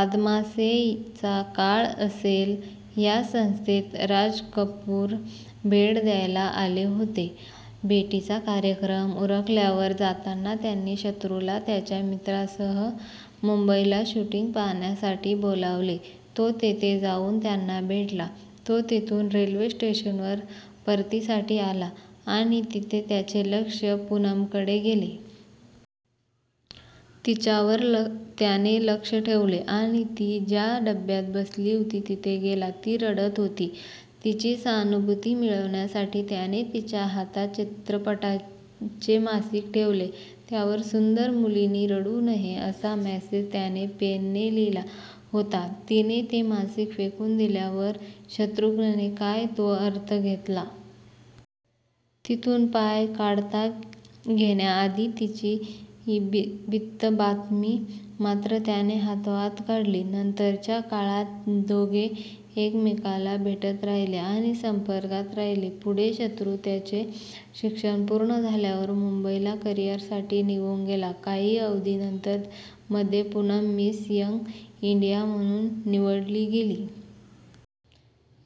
आदमासे चा काळ असेल, या संस्थेत राजकपूर भेट द्यायला आले होते. भेटीचा कार्यक्रम उरकल्यावर जाताना त्यांनी शत्रूला त्याच्या मित्रांसह मुंबईला शुटींग पाहण्यासाठी बोलवले. तो तिथे जाऊन त्यांना भेटला. तो तिथून रेल्वे स्टेशनवर परतीसाठी आला आणि तिथे त्याचे लक्ष पूनमकडे गेले. तिच्यावर त्याने लक्ष ठेवले आणि ती ज्या डब्यात बसली होती तिथे गेला. ती रडत होती, तिची सहानुभूती मिळवण्यासाठी त्याने तिच्या हातात चित्रपटाचे मासिक ठेवले ज्यावर सुंदर मुलीनी रडू नये असा मेसेज त्याने पेनने लिहिला होता, तिने ते मासिक फेकून दिल्यावर शत्रुघ्नने काय तो अर्थ घेतला. तिथून पाय काढता घेण्याआधी तिची बित्तंबातमी मात्र त्याने हातोहात काढली. नंतरच्या काळात दोघे एकेमकाला भेटत राहिले आणि संपर्कात राहिले. पुढे शत्रू त्याचे शिक्षण पूर्ण झाल्यावर मुंबईला करिअरसाठी निघून गेला. काही अवधीनंतर मध्ये पूनम मिस यंग इंडिया म्हणून निवडली गेली.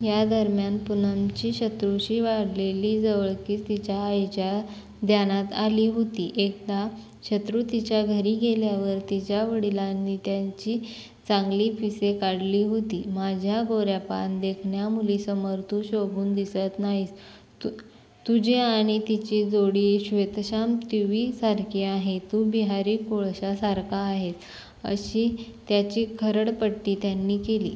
यादरम्यान पूनमची शत्रूशी वाढलेली जवळीक तिच्या आईच्या ध्यानात आली होती. एकदा शत्रू तिच्या घरी गेल्यावर तिच्या वडिलांनी त्याची चांगली पिसे काढली होती. "माझ्या गोऱ्यापान देखण्या मुलीसमोर तू शोभून दिसत नाहीस तुझी आणि तिची जोडी श्वेतशाम टीव्ही सारखी आहे, तू बिहारी कोळशासारखा आहेस" अशी त्याची खरडपट्टी त्यांनी केली.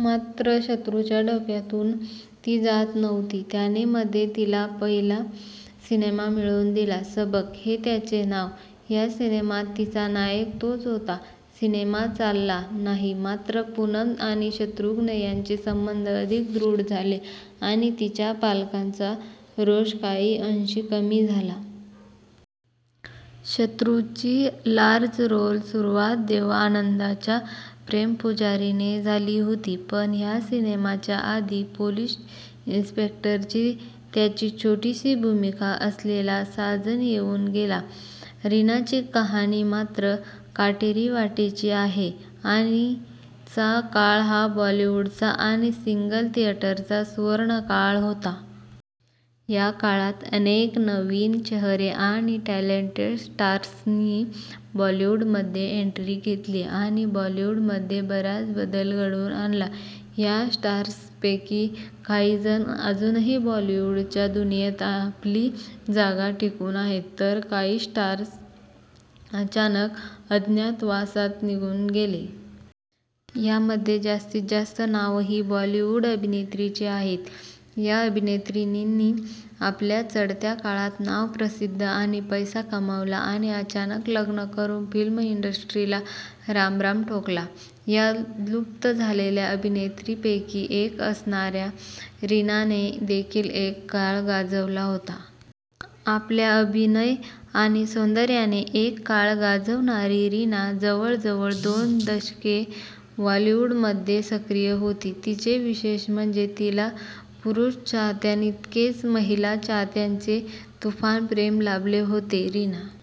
मात्र शत्रूच्या डोक्यातून ती जात नव्हती, त्याने मध्ये तिला पहिला सिनेमा मिळवून दिला 'सबक' हे त्याचे नाव. या सिनेमात तिचा नायक तोच होता. सिनेमा चालला नाही मात्र पूनम आणि शत्रुघ्न यांचे संबंध अधिक दृढ झाले आणि तिच्या पालकांचा रोष काही अंशी कमी झाला. शत्रूची लार्ज रोल सुरुवात देवआनंदच्या प्रेमपुजारीने झाली होती पण या सिनेमाच्या आधी पोलीस इन्स्पेक्टरची त्याची छोटीशी भूमिका असलेला 'साजन' येऊन गेला. रीनाची कहानी मात्र काटेरी वाटेची आहे. आणि चा काळ हा बॉलिवूडचा आणि सिंगल थियेटरचा सुवर्णकाळ होता. या काळात अनेक नवीन चेहरे आणि टॅलेंटेड स्टार्सनी बॉलिवूडमध्ये एन्ट्री घेतली आणि बॉलिवूडमध्ये बराच बदल घडवून आणला. या स्टार्सपैकी काहीजण अजूनही बॉलिवूडच्या दुनियेत आपली जागा टिकवून आहेत, तर काही स्टार्स अचानक अज्ञातवासात निघून गेले. यामध्ये जास्तीत जास्त नावं ही बॉलिवूड अभिनेत्रींची आहेत. या अभिनेत्रींनी आपल्या चढत्या काळात नाव, प्रसिद्धी आणि पैसा कमावला आणि अचानक लग्न करुन फिल्म इंडस्ट्रीला रामराम ठोकला. या लुप्त झालेल्या अभिनेत्रीतपैकी एक असणाऱ्या रीनाने देखील एक काळ गाजवला होता. आपल्या अभिनय आणि सौंदर्याने एक काळ गाजवणारी रीना जवळजवळ दोन दशके बॉलीवूडमध्ये सक्रीय होती. तिचे विशेष म्हणजे तिला पुरुष चाहत्यांइतकेच महिला चाहत्यांचे तुफान प्रेम लाभले होते. रीना